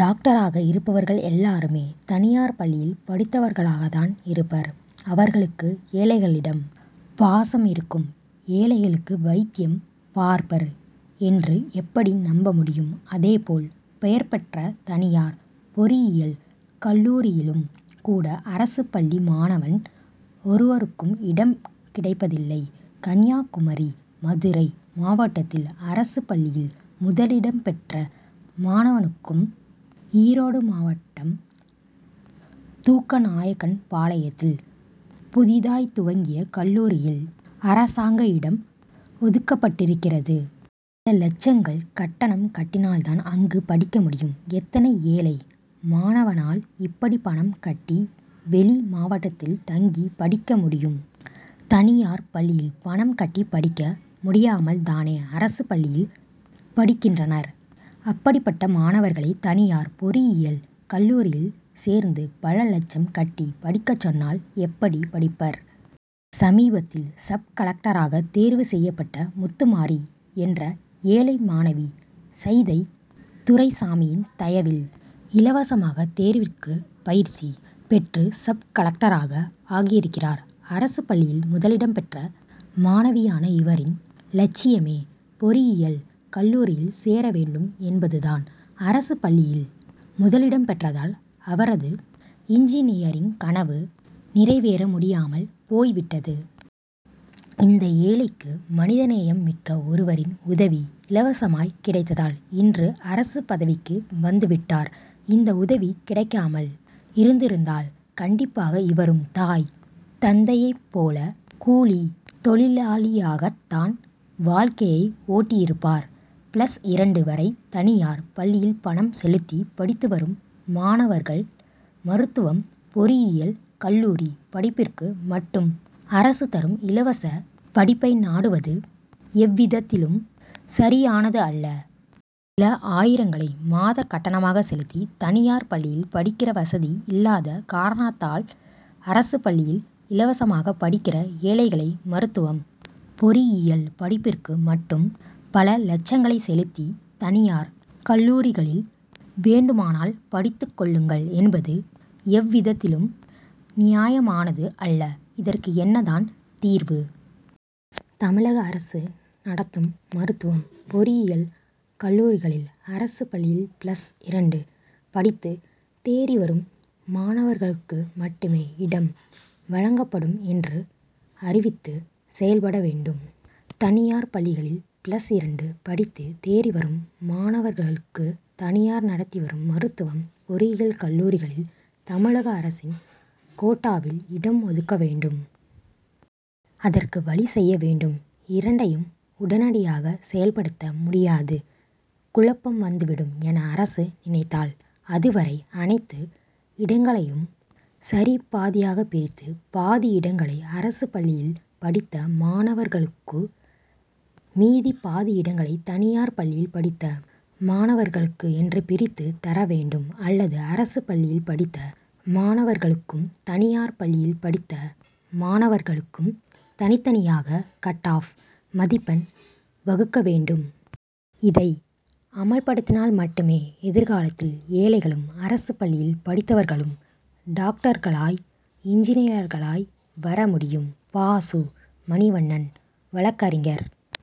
டாக்டராக இருப்பவர்கள் எல்லாருமே, தனியார் பள்ளியில் படித்தவர்களாகத்தான் இருப்பர். அவர்களுக்கு ஏழைகளிடம் பாசம் இருக்கும், ஏழைகளுக்கு வைத்தியம் பார்ப்பர் என்று எப்படி நம்ப முடியும்? அதே போல், பெயர் பெற்ற தனியார் பொறியியல் கல்லூரியிலும் கூட, அரசுப் பள்ளி மாணவன் ஒருவருக்கும் இடம் கிடைப்பதில்லை. கன்னியாகுமரி, மதுரை மாவட்டத்தில், அரசுப் பள்ளியில் முதலிடம் பெற்ற மாணவனுக்கு, ஈரோடு மாவட்டம் தூக்க நாயக்கன்பாளையத்தில் புதிதாய் துவங்கிய கல்லூரியில் அரசாங்க இடம் ஒதுக்கப்பட்டு இருகிறது. சில லட்சங்கள் கட்டணம் கட்டினால் தான், அங்கு படிக்க முடியும். எத்தனை ஏழை மாணவனால் இப்படி பணம் கட்டி, வெளி மாவட்டத்தில் தங்கி படிக்க முடியும்? தனியார் பள்ளியில் பணம் கட்டி படிக்க முடியாமல் தானே, அரசு பள்ளியில் படிக்கின்றனர். அப்படிப்பட்ட மாணவர்களை தனியார் பொறியியல் கல்லூரியில் சேர்ந்து, பல லட்சம் கட்டி படிக்கச் சொன்னால் எப்படி படிப்பர்? சமீபத்தில், சப்-கலெக்டராக தேர்வு செய்யப்பட்ட முத்துமாரி என்ற ஏழை மாணவி, சைதை துரைசாமியின் தயவில், இலவசமாக தேர்விற்கு பயிற்சி பெற்று சப்-கலெக்டராக ஆகியிருக்கிறார். அரசுப் பள்ளியில் முதலிடம் பெற்ற மாணவியான இவரின் லட்சியமே பொறியியல் கல்லூரியில் சேர வேண்டும் என்பது தான். அரசுப் பள்ளியில் முதலிடம் பெற்றதால், அவரது இன்ஜினியரிங் கனவு நிறைவேற முடியாமல் போய்விட்டது. இந்த ஏழைக்கு, மனித நேயம் மிக்க ஒருவரின் உதவி இலவசமாய் கிடைத்ததால், இன்று அரசுப் பதவிக்கு வந்துவிட்டார். இந்த உதவி கிடைக்காமல் இருந்திருந்தால் கண்டிப்பாக இவரும் தாய், தந்தையைப் போல, கூலித் தொழிலாளியாகத் தான் வாழ்க்கையை ஓட்டியிருப்பர். பிளஸ் இரண்டு வரை தனியார் பள்ளியில் பணம் செலுத்தி படித்து வரும் மாணவர்கள், மருத்துவம், பொறியியல் கல்லூரி படிப்பிற்கு மட்டும், அரசு தரும் இலவச படிப்பை நாடுவது எவ்விதத்திலும் சரியானது அல்ல. சில ஆயிரங்களை மாதக் கட்டணமாக செலுத்தி, தனியார் பள்ளியில் படிக்கிற வசதி இல்லாத காரணத்தால் அரசுப் பள்ளியில் இலவசமாக படிக்கிற ஏழைகளை மருத்துவம், பொறியியல் படிப்பிற்கு மட்டும், பல லட்சங்களை செலுத்தி, தனியார் கல்லூரிகளில் வேண்டுமானால் படித்துக் கொள்ளுங்கள் என்பது எவ்விதத்திலும் நியாயமானது அல்ல. இதற்கு என்ன தான் தீர்வு? தமிழக அரசு நடத்தும் மருத்துவம், பொறியியல் கல்லூரிகளில் அரசுப் பள்ளியில் பிளஸ் இரண்டு படித்து தேறி வரும் மாணவர்களுக்கு மட்டுமே இடம் வழங்கப்படும் என்று அறிவித்து செயல்பட வேண்டும். தனியார் பள்ளிகளில் பிளஸ் இரண்டு படித்து தேறி வரும் மாணவர்களுக்கு தனியார் நடத்தி வரும் மருத்துவம், பொறியியல் கல்லூரிகளில், தமிழக அரசின் கோட்டாவில் இடம் ஒதுக்க வேண்டும். அதற்கு வழி செய்ய வேண்டும். இரண்டையும் உடனடியாக செயல்படுத்த முடியாது. குழப்பம் வந்துவிடும் என அரசு நினனத்தால், அதுவரை, அனைத்து இடங்களையும் சரிபாதியாக பிரித்து, பாதி இடங்களை அரசுப் பள்ளியில் படித்த மாணவர்களுக்கு, மீதிப் பாதி இடங்களை தனியார் பள்ளியில் படித்த மாணவர்களுக்கு என்று பிரித்து தர வேண்டும் அல்லது அரசுப் பள்ளியில் படித்த மாணவர்களுக்கும், தனியார் பள்ளியில் படித்த மாணவர்களுக்கும் தனித்தனியாக கட்-ஆப் மதிப்பெண் வகுக்க வேண்டும். இதை அமல்படுத்தினால் மட்டுமே, எதிர்காலத்தில் ஏழைகளும், அரசுப் பள்ளியில் படித்தவர்களும், டாக்டர்களாய், இன்ஜினியர்களாய் வர முடியும். பா. சு. மணிவண்ணன்- வழக்கறிஞர்